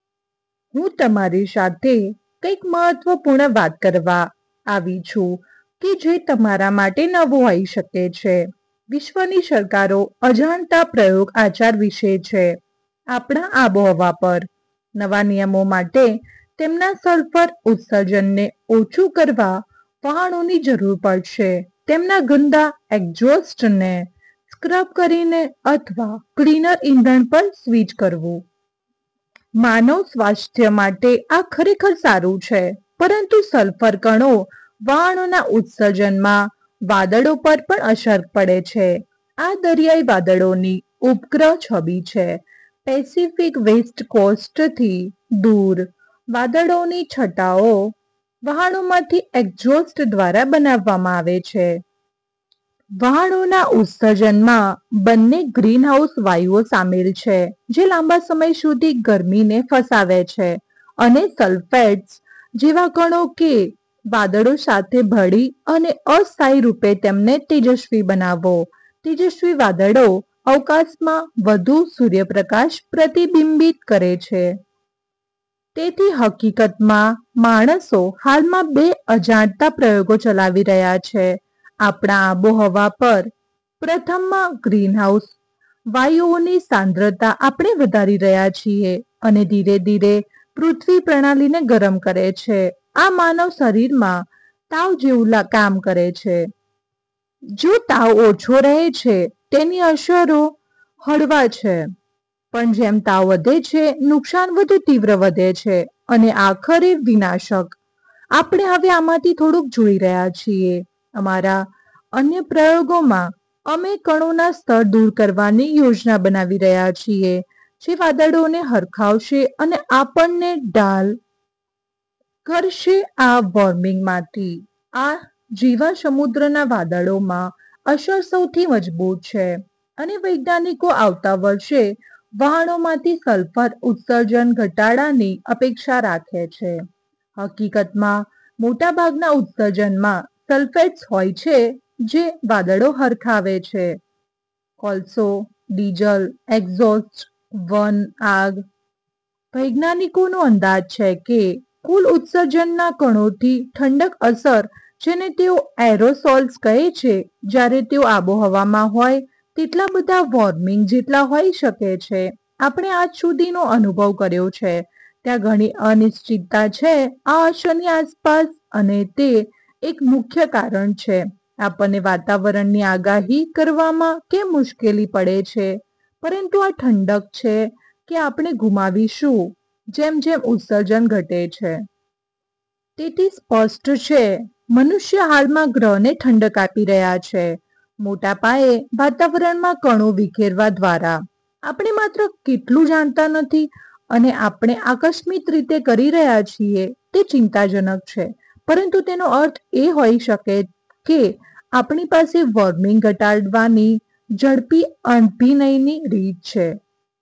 હું તમારી સાથે કંઈક મહત્વપૂર્ણ વાત કરવા આવી છું કે જે તમારા માટે નવું હોઈ શકે છે. વિશ્વની સરકારો અજાણતાં પ્રયોગ આચાર વિશે છે આપણા આબોહવા પર. નવા નિયમો માટે તેમના સલ્ફર ઉત્સર્જનને ઓછું કરવા વહાણોની જરૂર પડશે તેમના ગંદા એક્ઝોસ્ટને સ્ક્રબ કરીને અથવા ક્લિનર ઇંધણ પર સ્વિચ કરવું. માનવ સ્વાસ્થ્ય માટે આ ખરેખર સારું છે પરંતુ સલ્ફર કણો વહાણોના ઉત્સર્જનમાં વાદળો પર પણ અસર પડે છે. આ દરિયાઇ વાદળોની ઉપગ્રહ છબી છે પેસિફિક વેસ્ટ કોસ્ટથી દૂર. વાદળોની છટાઓ વહાણોમાંથી એક્ઝોસ્ટ દ્વારા બનાવવામાં આવે છે. વહાણોના ઉત્સર્જનમાં બંને ગ્રીનહાઉસ વાયુઓ શામેલ છે જે લાંબા સમય સુધી ગરમીને ફસાવે છે અને સલ્ફેટ્સ જેવા કણો કે વાદળો સાથે ભળી અને અસ્થાયી રૂપે તેમને તેજસ્વી બનાવો. તેજસ્વી વાદળો અવકાશમાં વધુ સૂર્યપ્રકાશ પ્રતિબિંબિત કરે છે. તેથી, હકીકતમાં, માણસો હાલમાં બે અજાણતાં પ્રયોગો ચલાવી રહ્યા છે આપણા આબોહવા પર. પ્રથમમાં, ગ્રીનહાઉસ વાયુઓની સાંદ્રતા આપણે વધારી રહ્યા છીએ અને ધીરે ધીરે પૃથ્વી પ્રણાલીને ગરમ કરે છે. આ માનવ શરીરમાં તાવ જેવું કામ કરે છે. જો તાવ ઓછો રહે છે, તેની અસરો હળવા છે. પણ જેમ તાવ વધે છે, નુકસાન વધુ તીવ્ર વધે છે અને આખરે વિનાશક. આપણે હવે આમાંથી થોડુંક જોઈ રહ્યા છીએ. અમારા અન્ય પ્રયોગમાં અમે કણોના સ્તર દૂર કરવાની યોજના બનાવી રહ્યા છીએ જે વાદળોને હરખાવશે અને આપણને ઢ। લ કરશે આ વોર્મિંગમાંથી. આ જેવા સમુદ્રના વાદળોમાં અસર સૌથી મજબૂત છે અને વૈજ્ઞાનિકો આવતા વર્ષે વહાણોમાંથી સલ્ફર ઉત્સર્જન ઘટાડાની અપેક્ષા રાખે છે. હકીકતમાં, મોટાભાગના ઉત્સર્જનમાં સલ્ફેટ્સ હોય છે કે જે વાદળો હરખાવે છે કોલસો, ડીઝલ એક્ઝોસ્ટ, વન આગ. વૈજ્ઞાનિકોનો અંદાજ છે કે કુલ ઉત્સર્જનના કણોથી ઠંડક અસર જેને તેઓ એરોસોલ્સ કહે છે જ્યારે તેઓ આબોહવામાં હોય તેટલા બધા વોર્મિંગ જેટલા હોઈ શકે છે આપણે આજ સુધીનો અનુભવ કર્યો છે. ત્યાં ઘણી અનિશ્ચિતતા છે આ અસરની આસપાસ અને તે એક મુખ્ય કારણ છે આપણને વાતાવરણની આગાહી કરવામાં કેમ મુશ્કેલી પડે છે પરંતુ આ ઠંડક છે કે આપણે ગુમાવીશું જેમ જેમ ઉત્સર્જન ઘટે છે. તેથી સ્પષ્ટ છે, મનુષ્ય હાલમાં ગ્રહને ઠંડક આપી રહ્યા છે મોટા પાયે વાતાવરણમાં કણો વિખેરવા દ્વારા. આપણે માત્ર કેટલું જાણતા નથી અને આપણે આકસ્મિક રીતે કરી રહ્યા છીએ. તે ચિંતાજનક છે પરંતુ તેનો અર્થ એ હોઈ શકે કે આપણી પાસે વોર્મિંગ ઘટાડવાની ઝડપી અભિનયની રીત છે.